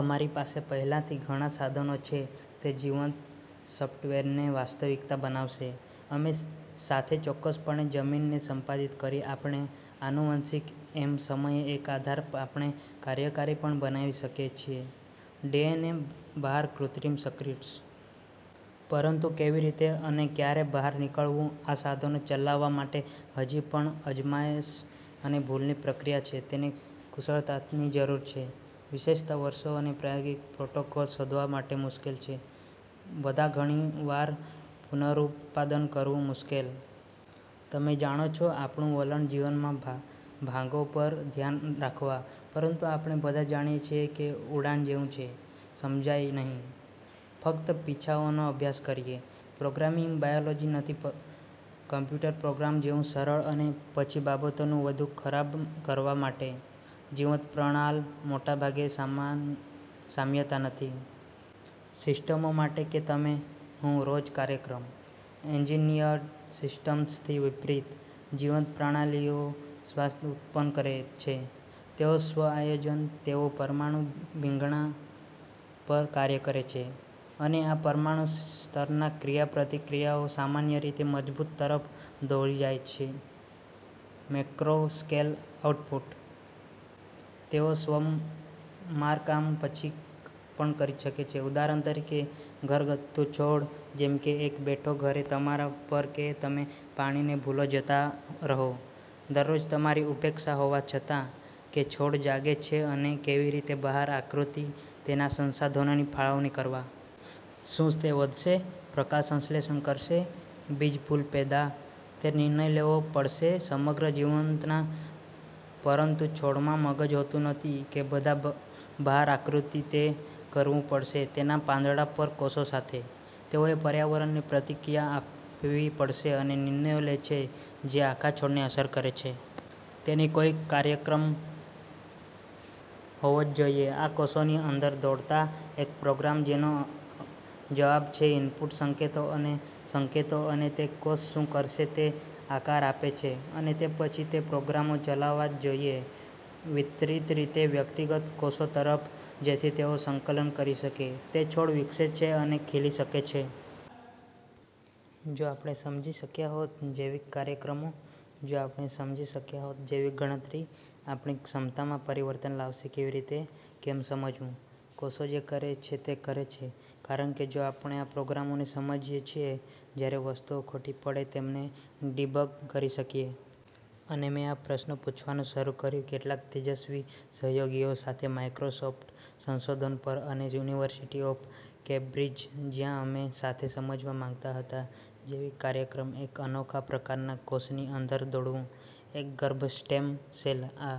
અમારી પાસે પહેલાથી ઘણા સાધનો છે તે જીવંત સફ્ટવેરને વાસ્તવિકતા બનાવશે. અમે સાથે ચોક્કસપણે જનીનોને સંપાદિત કરી આપણે આનુવંશિક એક સમયે એક આધાર આપણે કાર્યકારી પણ બનાવી શકીએ છીએ. ડીએનએ બહાર કૃત્રિમ સર્કિટ્સ. પરંતુ કેવી રીતે અને ક્યારે બહાર નીકળવું આ સાધનો ચલાવવા માટે હજી પણ અજમાયશ અને ભૂલની પ્રક્રિયા છે. તેને કુશળતાની જરૂર છે, વિશેષતા વર્ષો અને પ્રાયોગિક પ્રોટોકોલ શોધવા માટે મુશ્કેલ છે. બધા ઘણી વાર, પુનરુત્પાદન કરવું મુશ્કેલ. તમે જાણો છો, આપણું વલણ જીવનમાં ભાગોં પર ઘ્યાન રાખવા, પરંતુ આપણે બધા જાણીએ છીએ કે ઉડાન જેવું છે, સમજાય નહીં. ફક્ત પીછાઓનો અભ્યાસ કરીને. પ્રોગ્રામિંગ બાયોલોજી નથી કમ્પ્યુટર પ્રોગ્રામ જેવુ સરળ અને પછી બાબતોને વધુ ખરાબ કરવા માટે, જીવંતપ્રણાલ મોટાભાગે સામ્યતા નથી. સિસ્ટમો માટે કે તમે, હું રોજ કાર્યક્રમ. એન્જિનિયર્ડ સિસ્ટમ્સથી વિપરીત, જીવંત પ્રણાલીઓ સ્વયં ઉત્પન્ન કરે છે, તેઓ સ્વ આયોજન, તેઓ પરમાણુ ભીંગડા પર કાર્ય કરે છે. અને આ પરમાણુ સ્તરના ક્રિયાપ્રતિક્રિયાઓ સામાન્ય રીતે મજબૂત તરફ દોરી જાય છે મેક્રોસ્કેલ આઉટપુટ. તેઓ સ્વસમારકામ પણ કરી શકે છે. ઉદાહરણ તરીકે ઘરગથ્થુ છોડ, જેમ કે એક બેઠો ઘરે તમારા પર કે તમે પાણીને ભૂલી જતા રહો. દરરોજ, તમારી ઉપેક્ષા હોવા છતાં, કે છોડ જાગે છે અને કેવી રીતે બહાર આકૃતિ તેના સંસાધનોની ફાળવણી કરવા. શું તે વધશે, પ્રકાશસંશ્લેષણ કરશે, બીજ ફૂલ પેદા, તે નિર્ણય લેવો પડશે સમગ્ર જીવતંત્રના પરંતુ છોડમાં મગજ હોતું નથી કે બધા બહાર આકૃતિ તે કરવું પડશે તેના પાંદડા પર કોષો સાથે. તેઓએ પર્યાવરણને પ્રતિક્રિયા આપવી પડશે અને નિર્ણયો લે છે જે આખા છોડને અસર કરે છે. તેથી કોઈક કોઈ કાર્યક્રમ હોવો જ જોઇએ આ કોષોની અંદર દોડતા, એક પ્રોગ્રામ જેનો જવાબ છે ઇનપુટ સંકેતો અને સંકેતો અને તે કોષ શું કરશે તે આકાર આપે છે. અને તે પછી તે પ્રોગ્રામો ચલાવવા જ જોઇએ વિતરિત રીતે વ્યક્તિગત કોષો તરફ, જેથી તેઓ સંકલન કરી શકે, તે છોડ વિકસે છે અને ખીલી શકે છે. જો આપણે સમજી શક્યા હોત જૈવિક કાર્યક્રમો, જો આપણે સમજી શક્યા હોત જૈવિક ગણતરી, આપણી ક્ષમતામાં પરવર્તન લાવશે કેવી રીતે, કૅમ સમજવું ?કોષો જે કરે છે તે કરે છે. કારણ કે, જો આપણે આ પ્રોગ્રામોને સમજીએ છીએ, જ્યારે વસ્તુઓ ખોટી પડે તેમને ડિબગ કરી શકીએ. અને મેં આ પ્રશ્નો પૂછવાનું શરૂ કર્યું કેટલાક તેજસ્વી સહયોગીઓ સાથે માઈક્રોસોફ્ટ સંશોધન પર અને યુનિવર્સિટી ઓફ કેમ્બ્રિજ, જ્યાં અમે સાથે સમજવા માંગતા હતા જૈવિક કાર્યક્રમ એક અનોખા પ્રકારનાં કોષની અંદર દોડવું: એક ગર્ભ સ્ટેમ સેલ. આ